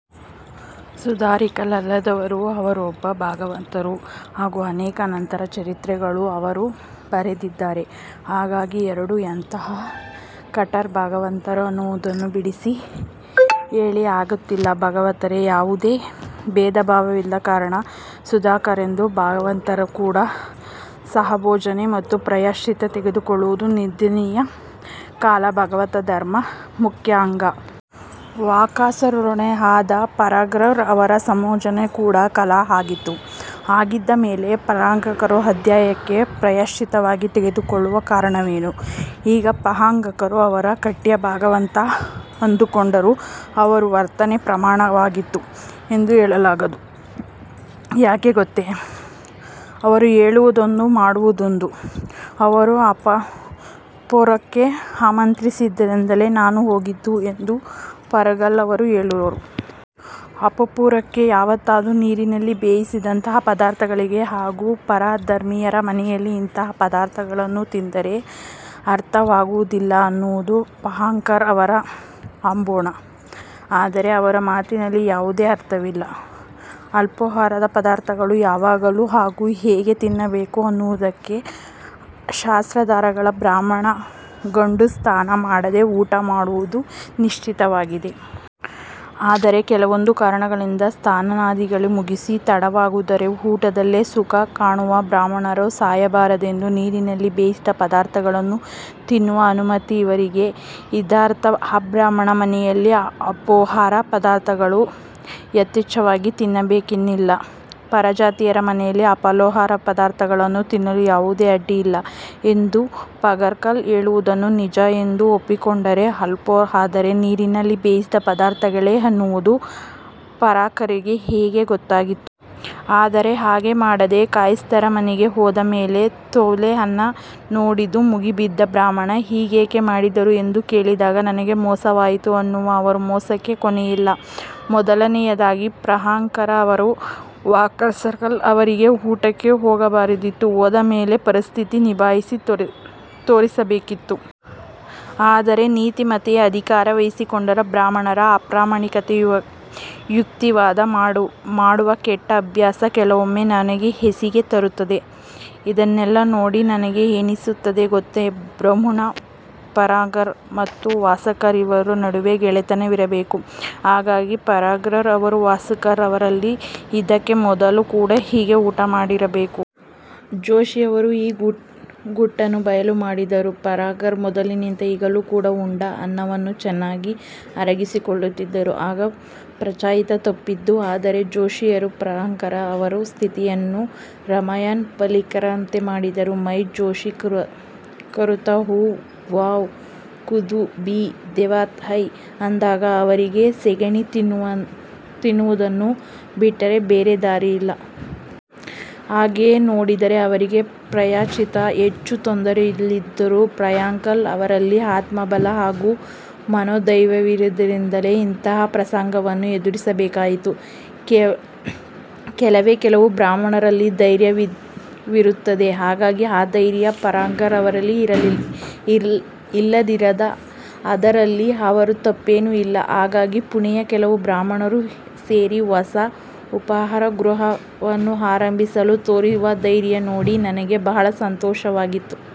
ಸುಧಾರಕರಲ್ಲದಿದ್ದರೂ ಅವರೊಬ್ಬ ಭಾಗವತರು ಹಾಗೂ ಅನೇಕ ಸಂತರ ಚರಿತ್ರೆಗಳನ್ನು ಅವರು ಬರೆದಿದ್ದಾರೆ. ಹಾಗಾಗಿ ಅವರು ಎಂತಹ ಕಟ್ಟರ್ ಭಾಗವತರು ಅನ್ನುವುದನ್ನು ಬಿಡಿಸಿ ಹೇಳುವ ಅಗತ್ಯವಿಲ್ಲ. ಭಾಗವತರಲ್ಲಿ ಯಾವುದೇ ಭೇದಭಾವವಿರದ ಕಾರಣ ಸುಧಾರಕರಂತೆ ಭಾಗವತರು ಕೂಡ ಸಹಭೋಜನ ಹಾಗೂ ಪ್ರಾಯಶ್ಚಿತ್ತ ತೆಗೆದುಕೊಳ್ಳುವುದು ನಿಂದನೀಯ. ಕಾಲಾ ಭಾಗವತ ಧರ್ಮದ ಮುಖ್ಯ ಅಂಗ. ವಾಕಸಕರ್ರೊಡನೆ ಆದ ಪಾಂಗಾರಕರ್ ಅವರ ಸಹಭೋಜನ ಕೂಡ ಕಾಲಾ ಆಗಿತ್ತು. ಹಾಗಿದ್ದ ಮೇಲೆ ಪಾಂಗಾರಕರರು ಅದಕ್ಕಾಗಿ ಪ್ರಾಯಶ್ಚಿತ್ತ ತೆಗೆದುಕೊಳ್ಳುವ ಕಾರಣವೇನು? ಈಗ ಪಾಂಗಾರಕರ್ ಅವರು ಕಟ್ಟಾ ಭಾಗವತರು ಅಂದುಕೊಂಡರೂ ಅವರ ವರ್ತನೆ ಪ್ರಾಮಾಣಿಕವಾಗಿದೆ ಎಂದು ಹೇಳಲಾಗದು. ಯಾಕೆ ಗೊತ್ತೇ? ಅವರು ಹೇಳುವುದೊಂದು ಮಾಡುವುದೊಂದು. ''ಅವರು ಅಲ್ಪೋಪಾಹಾರಕ್ಕೆ ಆಮಂತ್ರಿಸಿದ್ದರಿಂದಲೇ ನಾನು ಹೋಗಿದ್ದು'' ಎಂದು ಪಾಂಗಾರಕರ್ ಅವರು ಹೇಳುತ್ತಾರೆ. ಅಲ್ಪೋಪಾಹಾರಕ್ಕೆ ಯಾವತ್ತೂ ನೀರಿನಲ್ಲಿ ಬೇಯಿಸದಂತಹ ಪದಾರ್ಥಗಳಿರುತ್ತವೆ ಹಾಗೂ ಪರ ಧರ್ಮೀಯರ ಮನೆಯಲ್ಲಿ ಇಂತಹ ಪದಾರ್ಥಗಳನ್ನು ತಿಂದರೆ ಅಧರ್ಮವಾಗುವುದಿಲ್ಲ ಅನ್ನುವುದು ಪಾಂಗಾರಕರ್ ಅವರ ಅಂಬೋಣ. ಆದರೆ ಅವರ ಈ ಮಾತಿನಲ್ಲಿ ಯಾವುದೇ ಅರ್ಥವಿಲ್ಲ. ಅಲ್ಪೋಪಾಹಾರದ ಪದಾರ್ಥಗಳನ್ನು ಯಾವಾಗ ಹಾಗೂ ಹೇಗೆ ತಿನ್ನಬೇಕು ಅನ್ನುವುದಕ್ಕೆ ಶಾಸ್ತ್ರಾಧಾರಗಳಿವೆ. ಬ್ರಾಹ್ಮಣ ಗಂಡು ಸ್ನಾನ ಮಾಡದೆ ಊಟ ಮಾಡುವುದು ನಿಷಿದ್ಧವಾಗಿದೆ. ಅದರೆ ಕೆಲವೊಂದು ಕಾರಣಗಳಿಂದ ಸ್ನಾನಾದಿಗಳನ್ನು ಮುಗಿಸಲು ತಡವಾಗುವುದಾದರೆ ಊಟದಲ್ಲೇ ಸುಖ ಕಾಣುವ ಬ್ರಾಹ್ಮಣರು ಸಾಯಬಾರದೆಂದೇ ನೀರಿನಲ್ಲಿ ಬೇಯಿಸದ ಪದಾರ್ಥಗಳನ್ನು ತಿನ್ನುವ ಅನುಮತಿ ಇವರಿಗಿದೆ. ಇದರರ್ಥ ಅಬ್ರಾಹ್ಮಣರ ಮನೆಯಲ್ಲಿ ಅಲ್ಪೋಪಾಹಾರದ ಪದಾರ್ಥಗಳನ್ನು ಯಥೇಚ್ಛವಾಗಿ ತಿನ್ನಬೇಕೆಂದೇನಿಲ್ಲ. ಪರಜಾತೀಯರ ಮನೆಯ ಅಲ್ಪೋಪಾಹಾರದ ಪದಾರ್ಥಗಳನ್ನು ತಿನ್ನಲು ಯಾವುದೇ ಅಡ್ಡಿಯಿಲ್ಲ ಎಂದು ಪಾಂಗಾರಕರ್ ಹೇಳುವುದನ್ನು ನಿಜ ಎಂದು ಒಪ್ಪಿಕೊಂಡರೂ ಅಲ್ಪೋಪಾಹಾರ ಅಂದರೆ ನೀರಿನಲ್ಲಿ ಬೇಯಿಸದ ಪದಾರ್ಥಗಳೇ ಅನ್ನುವುದು ಪಾಂಗಾರಕರಿಗೆ ಹೇಗೆ ಗೊತ್ತಿತ್ತು? ಆದರೆ ಹಾಗೆ ಮಾಡದೆ ಕಾಯಸ್ಥರ ಮನೆಗೆ ಹೋದ ಮೇಲೆ ತೊವ್ವೆ ಅನ್ನ ನೋಡಿದ್ದೆ ಮುಗಿಬಿದ್ದ ಬ್ರಾಹ್ಮಣ ''ಹೀಗೇಕೆ ಮಾಡಿದಿರಿ'' ಎಂದು ಕೇಳಿದಾಗ ನನಗೆ ಮೋಸವಾಯಿತು ಅನ್ನುವ ಇವರ ಮೋಸಕ್ಕೆ ಕೊನೆಯಿಲ್ಲ. ಮೊದಲನೆಯದಾಗಿ ಪಾಂಗಾರಕರ್ಅವರು ವಾಕಸಕರ್ ಅವರಲ್ಲಿಗೆ ಊಟಕ್ಕೆ ಹೋಗಬಾರದಿತ್ತು. ಹೋದ ಮೇಲೆ ಪರಿಸ್ಥಿತಿಯನ್ನು ನಿಭಾಯಿಸಿ ತೋರಿಸಬೇಕಿತ್ತು. ಆದರೆ ನೀತಿಮತ್ತೆಯ ಅಧಿಕಾರ ವಹಿಸಿಕೊಂಡಿರುವ ಬ್ರಾಹ್ಮಣರ ಅಪ್ರಾಮಾಣಿಕ ಯುಕ್ತಿವಾದ ಮಾಡುವ ಕೆಟ್ಟ ಅಭ್ಯಾಸ ಕೆಲವೊಮ್ಮೆ ನನಗೆ ಹೇಸಿಗೆ ತರುತ್ತದೆ. ಇದನ್ನೆಲ್ಲ ನೋಡೊ ನನಗೆ ಏನನಿಸುತ್ತದೆ ಗೊತ್ತೇ? ಬಹುಶಃ ಪಾಂಗಾರಕರ್ ಹಾಗೂ ವಾಕಸಕರ್ ಇವರ ನಡುವೆ ಗೆಳೆತನವಿರಬೇಕು. ಹಾಗಾಗಿ ಪಾಂಗಾರಕರ್ ಅವರು ವಾಕಸಕರ್ ಅವರಲ್ಲಿ ಇದಕ್ಕೆ ಮೊದಲು ಕೂಡ ಹೀಗೆ ಊಟ ಮಾಡಿರಬೇಕು. ಜೋಶಿಯವರು ಈ ಗುಟ್ಟನ್ನು ಬಯಲು ಮಾಡಿರದಿದ್ದರೆ ಪಾಂಗಾರಕರ್ ಮೊದಲಿನಂತೆ ಈಗಲೂ ಕೂಡ ಉಂಡ ಅನ್ನವನ್ನು ಚೆನ್ನಾಗಿ ಅರಗಿಸಿಕೊಳ್ಳುತ್ತಿದ್ದರು ಹಾಗೂ ಪ್ರಾಯಶ್ಚಿತ್ತ ತಪ್ಪುತ್ತಿತ್ತು. ಆದರೆ ಜೋಶಿಯವರು ಪಾಂಗಾರಕರ ಅವರ ಸ್ಥಿತಿಯನ್ನು ರಮಝಾನ್ ಫಕೀರನಂತೆ ಮಾಡಿದಾಗ 'ಮೈ ಜೋ ಕರತಾ ಹೂ, ವಹ್ ಖುದಾ ಭೀ ದೇಖತಾ ಹೈ' ಅಂದಾಗ ಇವರಿಗೆ ಸೆಗಣಿ ತಿನುವುದನ್ನು ಬಿಟ್ಟರೆ ಬೇರೆ ದಾರಿಯಿಲ್ಲ. ಹಾಗೆ ನೋಡಿದರೆ ಅವರಿಗೆ ಪ್ರಾಯಶ್ಚಿತ್ತದ ಹೆಚ್ಚು ತೊಂದರೆಯಿದ್ದಿರಲಾರದು. ಪಾಂಗಾರಕರ್ ಅವರಲ್ಲಿ ಆತ್ಮಬಲ ಹಾಗೂ ಮನೋಧೈರ್ಯವಿರದಿದ್ದರಿಂದಲೇ ಇಂತಹ ಪ್ರಸಂಗವನ್ನವರು ಎದುರಿಸಬೇಕಾಯಿತು. ಕೆಲವೇ ಕೆಲವು ಬ್ರಾಹ್ಮಣರಲ್ಲಿ ಧೈರ್ಯವಿರುತ್ತದೆ. ಹಾಗಾಗಿ ಆ ಧೈರ್ಯ ಪಾಂಗಾರಕರ್ ಅವರಲ್ಲಿ ಇಲ್ಲದಿದ್ದರೆ ಅದರಲ್ಲಿ ಅವರ ತಪ್ಪೇನು ಇಲ್ಲ. ಹಗಾಗಿ ಪುಣೆಯ ಕೆಲವು ಬ್ರಾಹ್ಮಣರು ಸೇರಿ ಹೊಸ ಉಪಾಹಾರಗೃಹವನ್ನು ಆರಂಭಿಸಲು ತೋರಿರುವ ಧೈರ್ಯ ನೋಡಿ ನಮಗೆ ಬಹಳ ಸಂತೋಷವಾಗಿದೆ.